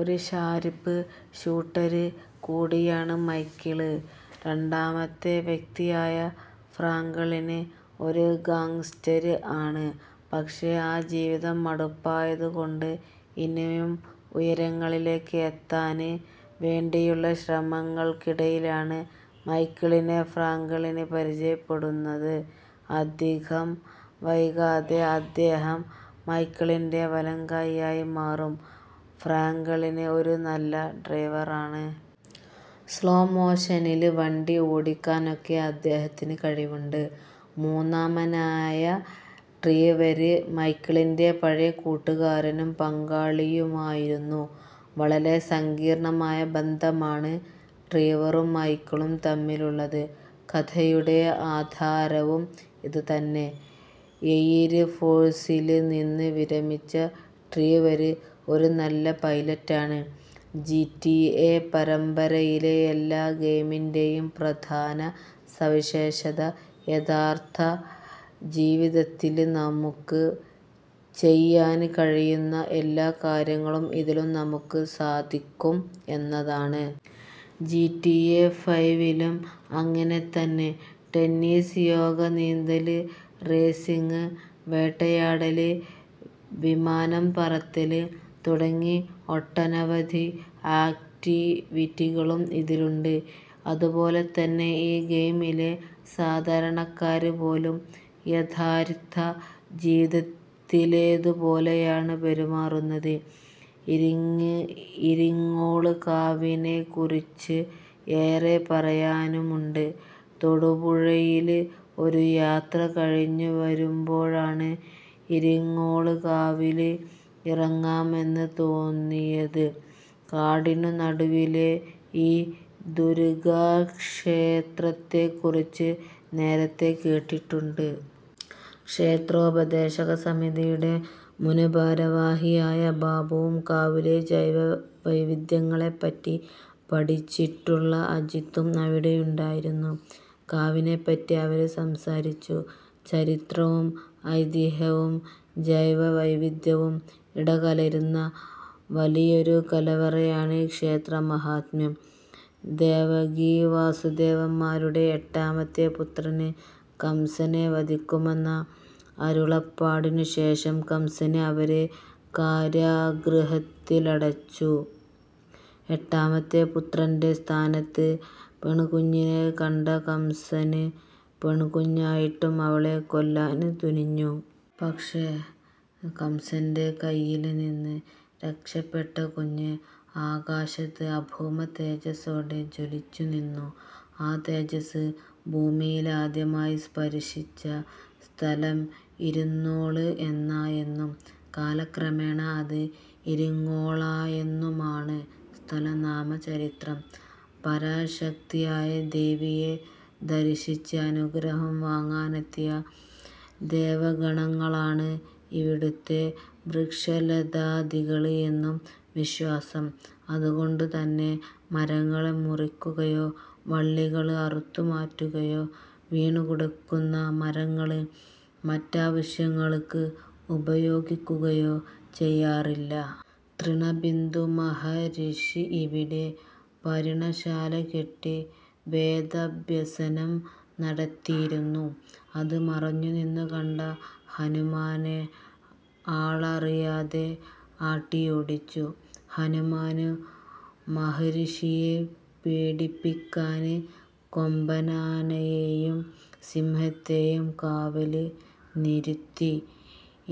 ഒരു Sharp shooter കൂടിയാണ് Michael. രണ്ടാമത്തെ വ്യക്തിയായ ഫ്രാങ്കളിന് ഒരു ഗാങ്സ്റ്റര് ആണ്. പക്ഷെ ആ ജീവിതം മടുപ്പായതുകൊണ്ട് ഇനിയും ഉയരങ്ങളിലേക്ക് എത്താന് വേണ്ടിയുള്ള ശ്രമങ്ങള്ക്കിടയിലാണ് മൈക്കിളിനെ ഫ്രാങ്കളിന് പരിചയപ്പെടുന്നത്. അധികം വൈകാതെ അദ്ദേഹം മൈക്കിളിന്റെ വലംകയ്യായി മാറും. ഫ്രാങ്കളിന് ഒരു നല്ല ഡ്രൈവറാണ്. സ്ലോ മോഷനില് വണ്ടി ഓടിക്കാനൊക്കെ അദ്ദേഹത്തിന് കഴിവുണ്ട്. മൂന്നാമനായ ട്രീവര് മൈക്കിളിന്റെ പഴയ കൂട്ടുകാരനും പങ്കാളിയുമായിരുന്നു, വളരെ സങ്കീര്ണ്ണമായ ബന്ധമാണ് ട്രീവറും മൈക്കിളും തമ്മിലുള്ളത്. കഥയുടെ ആധാരവും ഇത് തന്നെ. എയര് ഫോഴ്സില് നിന്ന് വിരമിച്ച ട്രീവര് ഒരു നല്ല പൈലറ്റാണ്. ജിറ്റിഎ പരമ്പരയിലെ എല്ലാ ഗെയിമിന്റെയും പ്രധാന സവിശേഷത, യഥാര്ത്ഥ ജീവിതത്തില് നമുക്ക് ചെയ്യാന് കഴിയുന്ന എല്ലാ കാര്യങ്ങളും ഇതിലും നമുക്ക് സാധിക്കും എന്നതാണ്. ജിറ്റിഎ ഫൈവിലും അങ്ങിനെ തന്നെ. ടെന്നീസ്, യോഗ, നീന്തല്, റേസിംഗ്, വേട്ടയാടല്, വിമാനം പറത്തല് തുടങ്ങി ഒട്ടനവധി ആക്റ്റിവിറ്റികളും ഇതിലുണ്ട്. അതുപോലെ തന്നെ, ഈ ഗെയിമിലെ സാധാരണക്കാര് പോലും യഥാര്ത്ഥ ജീവിതത്തിലേതു പോലെയാണ് പെരുമാറുന്നത്. ഇരിങ്ങോള്കാവിനെക്കുറിച്ച് ഏറെ പറയാനുമുണ്ട്. തൊടുപുഴയില് ഒരു യാത്ര കഴിഞ്ഞുവരുമ്പോഴാണ് ഇരിങ്ങോള്കാവില് ഇറങ്ങാമെന്ന് തോന്നിയത്. കാടിനു നടുവിലെ ഈ ദുര്ഗാക്ഷേത്രത്തെക്കുറിച്ച് നേരത്തെ കേട്ടിട്ടുണ്ട്. ക്ഷേത്രോപദേശക സമിതിയുടെ മുന്ഭാരവാഹിയായ ബാബുവും കാവിലെ ജൈവവൈവിധ്യങ്ങളെപ്പറ്റി പഠിച്ചിട്ടുള്ള അജിത്തും അവിടെയുണ്ടായിരുന്നു. കാവിനെപ്പറ്റി അവര് സംസാരിച്ചു. ചരിത്രവും ഐതിഹ്യവും ജൈവവൈവിധ്യവും ഇടകലര്ന്ന വലിയൊരു കലവറയാണീ ക്ഷേത്രമാഹാത്മ്യം. ദേവകീവാസുദേവന്മാരുടെ എട്ടാമത്തെ പുത്രന് കംസനെ വധിക്കുമെന്ന അരുളപ്പാടിനുശേഷം കംസന് അവരെ കാരാഗൃഹത്തിലടച്ചു. എട്ടാമത്തെ പുത്രന്റെ സ്ഥാനത്ത് പെണ്കുഞ്ഞിനെ കണ്ട കംസന് പെണ്കുഞ്ഞായിട്ടും അവളെ കൊല്ലാന് തുനിഞ്ഞു. പക്ഷേ, കംസന്റെ കയ്യില്നിന്ന് രക്ഷപ്പെട്ട കുഞ്ഞ് ആകാശത്ത് അഭൗമതേജസ്സോടെ ജ്വലിച്ചുനിന്നു. ആ തേജസ്സ് ഭൂമിയില് ആദ്യമായി സ്പര്ശിച്ച സ്ഥലം ഇരുന്നോള് എന്നായെന്നും കാലക്രമേണ അത് ഇരിങ്ങോളായെന്നുമാണ് സ്ഥലനാമ ചരിത്രം. പരാശക്തിയായ ദേവിയെ ദര്ശിച്ച് അനുഗ്രഹം വാങ്ങാനെത്തിയ ദേവഗണങ്ങളാണ് ഇവിടുത്തെ വൃക്ഷലതാദികള് എന്നും വിശ്വാസം. അതുകൊണ്ടുതന്നെ മരങ്ങള് മുറിക്കുകയോ വള്ളികള് അറുത്തുമാറ്റുകയോ വീണുകിടക്കുന്ന മരങ്ങള് മറ്റാവശ്യങ്ങള്ക്ക് ഉപയോഗിക്കുകയോ ചെയ്യാറില്ല. തൃണബിന്ദു മഹര്ഷി ഇവിടെ പര്ണശാല കെട്ടി വേദാഭ്യസനം നടത്തിയിരുന്നു. അത് മറഞ്ഞുനിന്നു കണ്ട ഹനുമാനെ ആളറിയാതെ ആട്ടിയോടിച്ചു. ഹനുമാന് മഹര്ഷിയെ പേടിപ്പിക്കാന് കൊമ്പനാനയെയും സിംഹത്തെയും കാവല് നിര്ത്തി.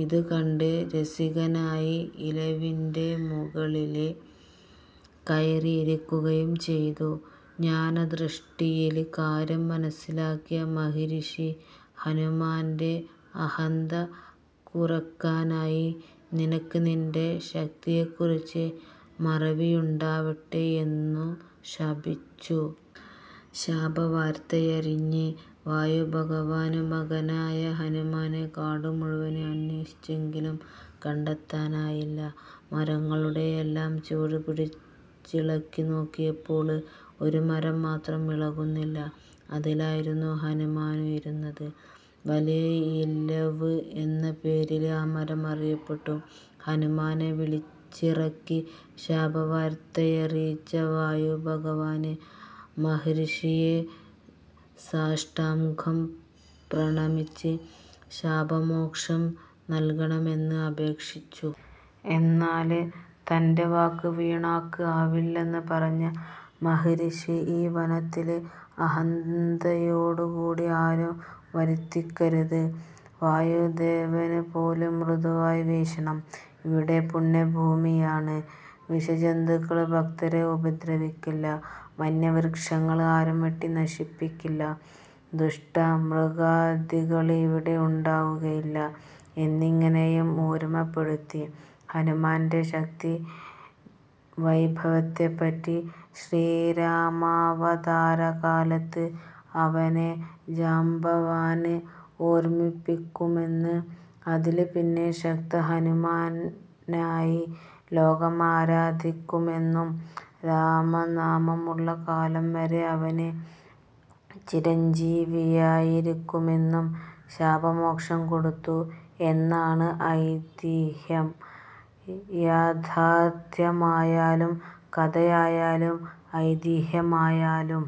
ഇതുകണ്ട് രസിക്കാനായി ഇലവിന്റെ മുകളില് കയറിയിരിക്കുകയും ചെയ്തു. ജ്ഞാനദൃഷ്ടിയില് കാര്യം മനസ്സിലാക്കിയ മഹര്ഷി ഹനുമാന്റെ അഹന്ത കുറയ്ക്കാനായി നിനക്ക് നിന്റെ ശക്തിയെക്കുറിച്ച് മറവിയുണ്ടാവട്ടെ എന്നു ശപിച്ചു. ശാപവാര്ത്തയറിഞ്ഞ് വായുഭഗവാന് മകനായ ഹനുമാനെ കാടു മുഴുവന് അന്വേഷിച്ചെങ്കിലും കണ്ടെത്താനായില്ല. മരങ്ങളുടെയെല്ലാം ചുവട് പിടിച്ചിളക്കിനോക്കിയപ്പോള് ഒരു മരം മാത്രം ഇളകുന്നില്ല. അതിലായിരുന്നു ഹനുമാന് ഇരുന്നത്. വലിയ ഇലവ് എന്ന പേരില് ആ മരം അറിയപ്പെട്ടു. ഹനുമാനെ വിളിച്ചിറക്കി ശാപവാര്ത്തയറിയിച്ച വായുഭഗവാന് മഹര്ഷിയെ സാഷ്ടാംഗം പ്രണമിച്ച് ശാപമോക്ഷം നല്കണമെന്ന് അപേക്ഷിച്ചു. എന്നാല് തന്റെ വാക്ക് വീണ്വാക്ക് ആവില്ലെന്ന് പറഞ്ഞ മഹര്ഷി ഈ വനത്തില് അഹന്തയോടുകൂടി ആരും വര്ത്തിക്കരുത്. വായുദേവന്പോലും മൃദുവായി വീശണം. ഇവിടം പുണ്യഭൂമിയാണ്, വിഷജന്തുക്കള് ഭക്തരെ ഉപദ്രവിക്കില്ല. വന്വൃക്ഷങ്ങള് ആരും വെട്ടിനശിപ്പിക്കില്ല. ദുഷ്ടമൃഗാദികള് ഇവിടെ ഉണ്ടാവുകയില്ല എന്നിങ്ങനെയും ഓര്മപ്പെടുത്തി. ഹനുമാന്റെ ശക്തി വൈഭവത്തെപറ്റി ശ്രീരാമാവതാരകാലത്ത് അവനെ ജാംബവാന് ഓര്മിപ്പിക്കുമെന്നും അതില് പിന്നെ ശക്തഹനുമാനായി ലോകം ആരാധിക്കുമെന്നും രാമനാമമുള്ള കാലം വരെ അവന് ചിരഞ്ജീവിയായിരിക്കുമെന്നും ശാപമോക്ഷം കൊടുത്തു എന്നാണ് ഐതിഹ്യം. യാഥാര്ഥ്യമായാലും കഥയായാലും ഐതിഹ്യമായാലും